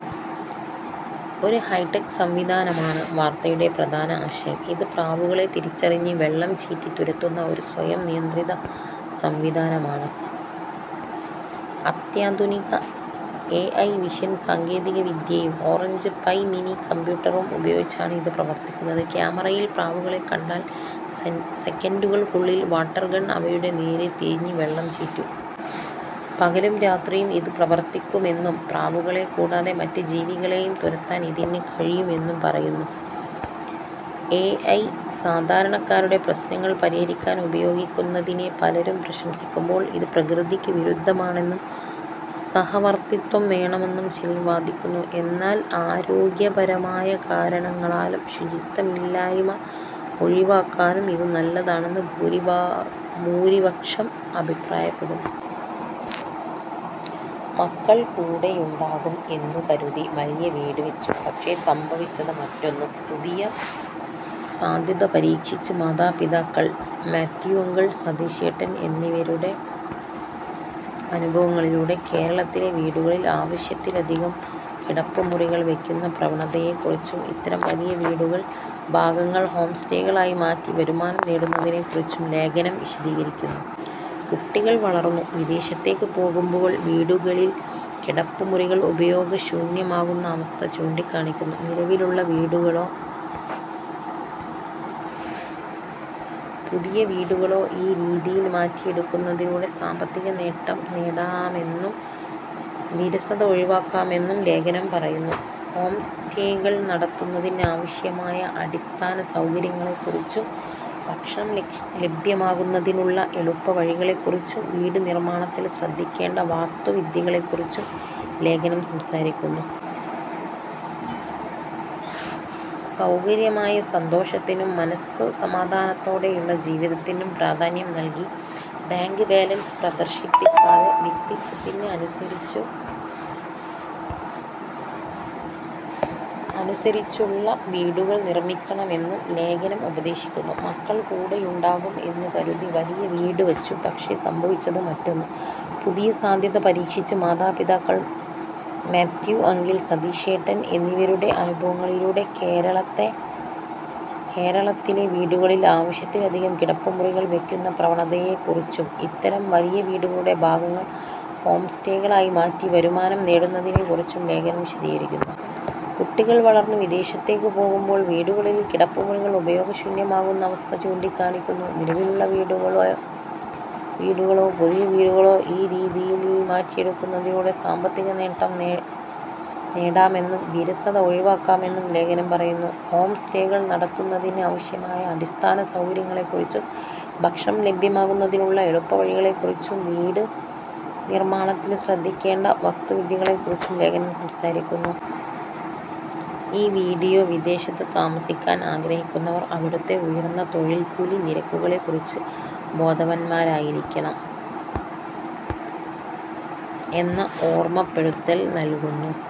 ഒരു ഹൈടെക് സംവിധാനമാണ് വാർത്തയുടെ പ്രധാന ആശയം. ഇത് പ്രാവുകളെ തിരിച്ചറിഞ്ഞ് വെള്ളം ചീറ്റി തുരത്തുന്ന ഒരു സ്വയംനിയന്ത്രിത സംവിധാനമാണ്. അത്യാധുനിക എഐ വിഷൻ സാങ്കേതികവിദ്യയും ഓറഞ്ച് പൈ മിനി കമ്പ്യൂട്ടറും ഉപയോഗിച്ചാണ് ഇത് പ്രവർത്തിക്കുന്നത്. ക്യാമറയിൽ പ്രാവുകളെ കണ്ടാൽ സെക്കൻഡുകൾക്കുള്ളിൽ വാട്ടർ ഗൺ അവയുടെ നേരെ തിരിഞ്ഞ് വെള്ളം ചീറ്റും. പകലും രാത്രിയും ഇത് പ്രവർത്തിക്കുമെന്നും, പ്രാവുകളെ കൂടാതെ മറ്റ് ജീവികളെയും തുരത്താൻ ഇതിന് കഴിയും എന്നും പറയുന്നു. എഐ സാധാരണക്കാരുടെ പ്രശ്നങ്ങൾ പരിഹരിക്കാൻ ഉപയോഗിക്കുന്നതിനെ പലരും പ്രശംസിക്കുമ്പോൾ, ഇത് പ്രകൃതിക്ക് വിരുദ്ധമാണെന്നും സഹവർത്തിത്വം വേണമെന്നും ചിലർ വാദിക്കുന്നു. എന്നാൽ ആരോഗ്യപരമായ കാരണങ്ങളാലും ശുചിത്വമില്ലായ്മ ഒഴിവാക്കാനും ഇത് നല്ലതാണെന്ന് ഭൂരിപക്ഷം അഭിപ്രായപ്പെടുന്നു. മക്കൾ കൂടെയുണ്ടാകും എന്നുകരുതി വലിയ വീട് വച്ചു; പക്ഷേ സംഭവിച്ചത് മറ്റൊന്ന്; പുതിയ സാധ്യത പരീക്ഷിച്ച് മാതാപിതാക്കൾ മാത്യു അങ്കിൾ, സതീശേട്ടൻ എന്നിവരുടെ അനുഭവങ്ങളിലൂടെ, കേരളത്തിലെ വീടുകളിൽ ആവശ്യത്തിലധികം കിടപ്പുമുറികൾ വയ്ക്കുന്ന പ്രവണതയെക്കുറിച്ചും, ഇത്തരം വലിയ വീടുകളുടെ ഭാഗങ്ങൾ ഹോംസ്റ്റേകളായി മാറ്റി വരുമാനം നേടുന്നതിനെക്കുറിച്ചും ലേഖനം വിശദീകരിക്കുന്നു. കുട്ടികൾ വളർന്നു വിദേശത്തേക്ക് പോകുമ്പോൾ വീടുകളിൽ കിടപ്പുമുറികൾ ഉപയോഗശൂന്യമാകുന്ന അവസ്ഥ ചൂണ്ടിക്കാണിക്കുന്നു. നിലവിലുള്ള വീടുകളോ പുതിയ വീടുകളോ ഈ രീതിയിൽ മാറ്റിയെടുക്കുന്നതിലൂടെ സാമ്പത്തിക നേട്ടം നേടാമെന്നും, വിരസത ഒഴിവാക്കാമെന്നും ലേഖനം പറയുന്നു. ഹോംസ്റ്റേകൾ നടത്തുന്നതിന് ആവശ്യമായ അടിസ്ഥാന സൗകര്യങ്ങളെക്കുറിച്ചും, ഭക്ഷണം ലഭ്യമാക്കുന്നതിനുള്ള എളുപ്പവഴികളെക്കുറിച്ചും, വീട് നിർമ്മാണത്തിൽ ശ്രദ്ധിക്കേണ്ട വാസ്തുവിദ്യകളെക്കുറിച്ചും ലേഖനം സംസാരിക്കുന്നു. സ്വകാര്യമായ സന്തോഷത്തിനും മനസ്സ് സമാധാനത്തോടെയുള്ള ജീവിതത്തിനും പ്രാധാന്യം നൽകി, ബാങ്ക് ബാലൻസ് പ്രദർശിപ്പിക്കാതെ, വ്യക്തിത്വത്തിന് അനുസരിച്ചുള്ള വീടുകൾ നിർമ്മിക്കണമെന്നും ലേഖനം ഉപദേശിക്കുന്നു. മക്കൾ കൂടെയുണ്ടാകും എന്നുകരുതി വലിയ വീട് വച്ചു; പക്ഷേ സംഭവിച്ചത് മറ്റൊന്ന്; പുതിയ സാധ്യത പരീക്ഷിച്ച് മാതാപിതാക്കൾ മാത്യു അങ്കിൾ, സതീശേട്ടൻ എന്നിവരുടെ അനുഭവങ്ങളിലൂടെ, കേരളത്തിലെ വീടുകളിൽ ആവശ്യത്തിലധികം കിടപ്പുമുറികൾ വയ്ക്കുന്ന പ്രവണതയെക്കുറിച്ചും, ഇത്തരം വലിയ വീടുകളുടെ ഭാഗങ്ങൾ ഹോംസ്റ്റേകളായി മാറ്റി വരുമാനം നേടുന്നതിനെക്കുറിച്ചും ലേഖനം വിശദീകരിക്കുന്നു. കുട്ടികൾ വളർന്നു വിദേശത്തേക്ക് പോകുമ്പോൾ വീടുകളിൽ കിടപ്പുമുറികൾ ഉപയോഗശൂന്യമാകുന്ന അവസ്ഥ ചൂണ്ടിക്കാണിക്കുന്നു. നിലവിലുള്ള വീടുകളോ പുതിയ വീടുകളോ ഈ രീതിയിൽ മാറ്റിയെടുക്കുന്നതിലൂടെ സാമ്പത്തിക നേട്ടം നേടാമെന്നും, വിരസത ഒഴിവാക്കാമെന്നും ലേഖനം പറയുന്നു. ഹോംസ്റ്റേകൾ നടത്തുന്നതിന് ആവശ്യമായ അടിസ്ഥാന സൗകര്യങ്ങളെക്കുറിച്ചും, ഭക്ഷണം ലഭ്യമാക്കുന്നതിനുള്ള എളുപ്പവഴികളെക്കുറിച്ചും, വീട് നിർമ്മാണത്തിൽ ശ്രദ്ധിക്കേണ്ട വാസ്തുവിദ്യകളെക്കുറിച്ചും ലേഖനം സംസാരിക്കുന്നു. ഈ വിഡിയോ വിദേശത്ത് താമസിക്കാൻ ആഗ്രഹിക്കുന്നവർ അവിടുത്തെ ഉയർന്ന തൊഴിൽക്കൂലി നിരക്കുകളെക്കുറിച്ച് ബോധവാന്മാരായിരിക്കണം എന്ന ഓർമപ്പെടുത്തൽ നൽകുന്നു.